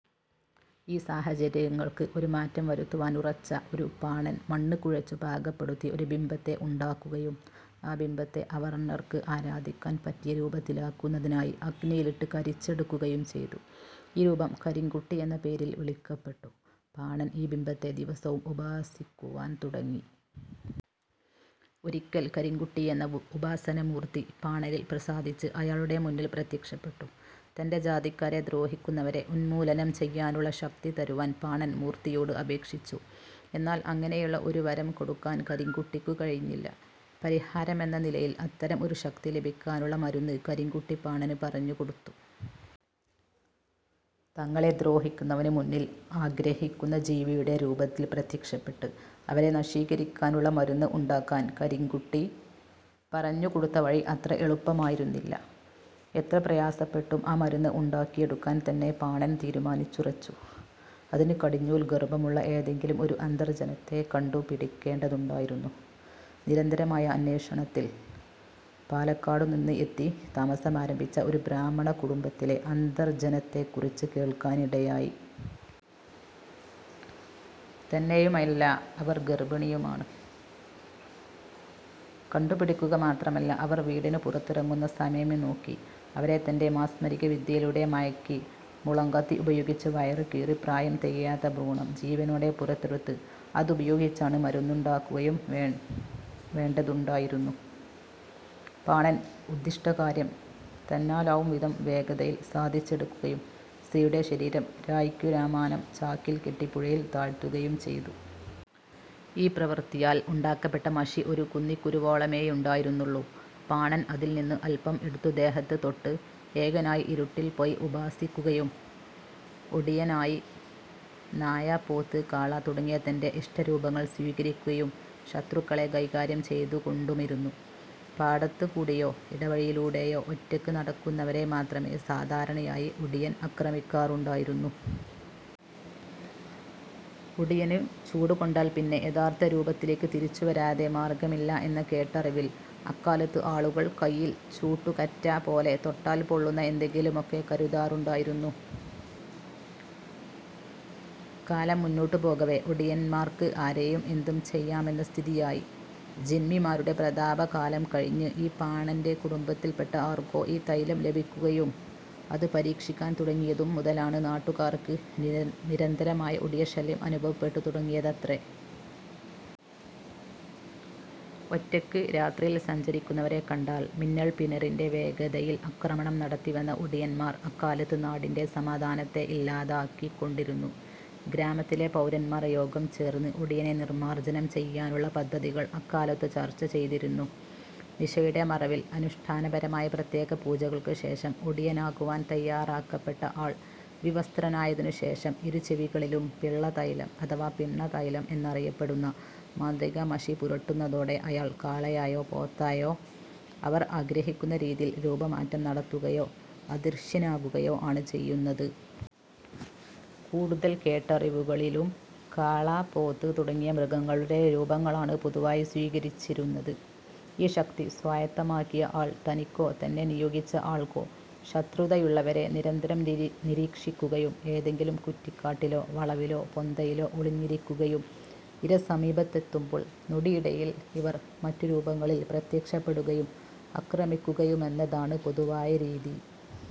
ഈ സാഹചര്യങ്ങൾക്ക് ഒരു മാറ്റം വരുത്തുവാനുറച്ച ഒരു പാണൻ മണ്ണു കുഴച്ചു പാകപ്പെടുത്തി ഒരു ബിംബത്തെ ഉണ്ടാക്കുകയും ആ ബിംബത്തെ അവർണ്ണർക്ക് ആരാധിക്കാൻ പറ്റിയ രൂപത്തിലാക്കുന്നതിനായി അഗ്നിയിലിട്ട് കരിച്ചെടുക്കുകയും ചെയ്തു. ഈ രൂപം കരിങ്കുട്ടി എന്ന പേരിൽ വിളിക്കപ്പെട്ടു. പാണൻ ഈ ബിംബത്തെ ദിവസവും ഉപാസിക്കുവാൻ തുടങ്ങി. ഒരിക്കൽ കരിങ്കുട്ടിയെന്ന ഉപാസനാമൂർത്തി പാണനിൽ പ്രസാദിച്ച് അയാളുടെ മുന്നിൽ പ്രത്യക്ഷപ്പെട്ടു. തന്റെ ജാതിക്കാരെ ദ്രോഹിക്കുന്നവരെ ഉന്മൂലനം ചെയ്യാനുള്ള ശക്തി തരുവാൻ പാണൻ മൂർത്തിയോട് അപേക്ഷിച്ചു. എന്നാൽ അങ്ങനെയുള്ള ഒരു വരം കൊടുക്കാൻ കരിങ്കുട്ടിക്കു കഴിഞ്ഞില്ല. പരിഹാരമെന്ന നിലയിൽ അത്തരം ഒരു ശക്തി ലഭിക്കാനുളള മരുന്ന് കരിങ്കുട്ടി പാണനു പറഞ്ഞു കൊടുത്തു. തങ്ങളെ ദ്രോഹിക്കുന്നവനു മുന്നിൽ ആഗ്രഹിക്കുന്ന ജീവിയുടെ രൂപത്തിൽ പ്രത്യക്ഷപ്പെട്ട് അവരെ നശീകരിക്കാനുള്ള മരുന്ന് ഉണ്ടാക്കാൻ കരിങ്കുട്ടി പറഞ്ഞുകൊടുത്ത വഴി അത്ര എളുപ്പമായിരുന്നില്ല. എത്ര പ്രയാസപ്പെട്ടും ആ മരുന്ന് ഉണ്ടാക്കിയെടുക്കാൻതന്നെ പാണൻ തീരുമാനിച്ചുറച്ചു. അതിന് കടിഞ്ഞൂൽ ഗർഭമുള്ള ഏതെങ്കിലും ഒരു അന്തർജനത്തെ കണ്ടു പിടിക്കേണ്ടതുണ്ടായിരുന്നു. നിരന്തരമായ അന്വേഷണത്തിൽ പാലക്കാടു നിന്ന് എത്തി താമസമാരംഭിച്ച ഒരു ബ്രാഹ്മണ കുടുംബത്തിലെ അന്തർജ്ജനത്തെക്കുറിച്ചു കേൾക്കാനിടയായി. തന്നെയുമല്ല അവർ ഗർഭിണിയുമാണ്. കണ്ടുപിടിക്കുക മാത്രമല്ല അവർ വീടിനു പുറത്തിറങ്ങുന്ന സമയം നോക്കി അവരെ തന്റെ മാസ്മരിക വിദ്യയിലൂടെ മയക്കി മുളങ്കത്തി ഉപയോഗിച്ചു വയറു കീറി പ്രായം തികയാത്ത ഭ്രൂണം ജീവനോടെ പുറത്തെടുത്ത് അതുപയോഗിച്ചാണ് മരുന്നുണ്ടാക്കുയും വേണ്ടതുണ്ടായിരുന്നു. പാണൻ ഉദ്ദിഷ്ടകാര്യം തന്നാലാവും വിധം വേഗതയിൽ സാധിച്ചെടുക്കുകയും സ്ത്രീയുടെ ശരീരം രായ്ക്കു രാമാനം ചാക്കിൽ കെട്ടി പുഴയിൽ താഴ്ത്തുകയും ചെയ്തു. ഈ പ്രവൃത്തിയാൽ ഉണ്ടാക്കപ്പെട്ട മഷി ഒരു കുന്നിക്കുരുവോളമേയുണ്ടായിരുന്നുള്ളൂ. പാണൻ അതിൽനിന്ന് അൽപ്പം എടുത്തു ദേഹത്ത് തൊട്ട്, ഏകനായി ഇരുട്ടിൽ പോയി ഉപാസിക്കുകയും ഒടിയനായി നായ, പോത്ത്, കാള തുടങ്ങിയ തന്റെ ഇഷ്ടരൂപങ്ങൾ സ്വീകരിക്കുകയും ശത്രുക്കളെ കൈകാര്യം ചെയ്തുകൊണ്ടുമിരുന്നു. പാടത്ത് കൂടിയോ, ഇടവഴിയിലൂടെയോ ഒറ്റയ്ക്ക് നടക്കുന്നവരെ മാത്രമേ സാധാരയായി ഒടിയൻ ആക്രമിക്കാറുണ്ടായിരുന്നു. ഒടിയനു ചൂട് കൊണ്ടാൽപ്പിന്നെ യഥാർത്ഥ രൂപത്തിലേക്ക് തിരിച്ചു വരാതെ മാർഗ്ഗമില്ല എന്ന കേട്ടറിവിൽ അക്കാലത്ത് ആളുകൾ കൈയിൽ ചൂട്ടുകറ്റ പോലെ തൊട്ടാൽ പൊള്ളുന്ന എന്തെങ്കിലുമൊക്കെ കരുതാറുണ്ടായിരുന്നു. കാലം മുന്നോട്ടു പോകവേ ഒടിന്മാർക്ക് ആരെയും എന്തും ചെയ്യാമെന്ന സ്ഥിതിയായി. ജന്മിമാരുടെ പ്രതാപ കാലം കഴിഞ്ഞ് ഈ പാണന്റെ കുടുംബത്തിൽപ്പെട്ട ആർക്കോ ഈ തൈലം ലഭിക്കുകയും അതു പരീക്ഷിക്കാൻ തുടങ്ങിയതും മുതലാണ് നാട്ടുകാർക്ക് നിരന്തരമായ 'ഒടിയ ശല്യം' അനുഭവപ്പെട്ടു തുടങ്ങിയതത്രേ. ഒറ്റയ്ക്ക് രാത്രിയിൽ സഞ്ചരിക്കുന്നവരെ കണ്ടാൽ മിന്നൽപ്പിണരിൻറെ വേഗതയിൽ ആക്രമണം നടത്തിവന്ന ഒടിയൻമാർ അക്കാലത്ത് നാടിൻറെ സമാധാനത്തെ ഇല്ലാതാക്കി കൊണ്ടിരുന്നു. ഗ്രാമത്തിലെ പൌരന്മാർ യോഗം ചേർന്ന് ഒടിയനെ നിർമ്മാർജ്ജനം ചെയ്യാനുള്ള പദ്ധതികൾ അക്കാലത്തു ചർച്ച ചെയ്തിരുന്നു. നിശയുടെ മറവിൽ, അനുഷ്ഠാനപരമായ പ്രത്യേക പൂജകൾക്കു ശേഷം ഒടിയനാകുവാൻ തയ്യാറാക്കപ്പെട്ട ആൾ വിവസ്ത്രനായതിനു ശേഷം ഇരു ചെവികളിലും പിള്ള തൈലം അഥവാ പിണ്ണതൈലം എന്നറിയപ്പെടുന്ന മാന്ത്രിക മഷി പുരട്ടുന്നതോടെ അയാൾ കാളയായോ പോത്തായോ അവർ ആഗ്രഹിക്കുന്ന രീതിയിൽ രൂപം മാറ്റം നടത്തുകയോ അദൃശ്യനാകുകയോ ആണ് ചെയ്യുന്നത്. കൂടുതൽ കേട്ടറിവുകളിലും കാള, പോത്ത് തുടങ്ങിയ മൃഗങ്ങളുടെ രൂപങ്ങളാണ് പൊതുവായി സ്വീകരിച്ചിരുന്നത്. ഈ ശക്തി സ്വായത്തമാക്കിയ ആൾ തനിക്കോ തന്നെ നിയോഗിച്ച ആൾക്കോ ശത്രുതയുള്ളവരെ നിരന്തരം നിരീക്ഷിക്കുകയും ഏതെങ്കിലും കുറ്റിക്കാട്ടിലോ വളവിലോ പൊന്തയിലോ ഒളിഞ്ഞിരിക്കുകയും ഇര സമീപത്തെത്തുമ്പോൾ നൊടിയിടയിൽ ഇവർ മറ്റുരൂപങ്ങളിൽ പ്രത്യക്ഷപ്പെടുകയും ആക്രമിക്കുകയുമെന്നതാണ് പൊതുവായ രീതി.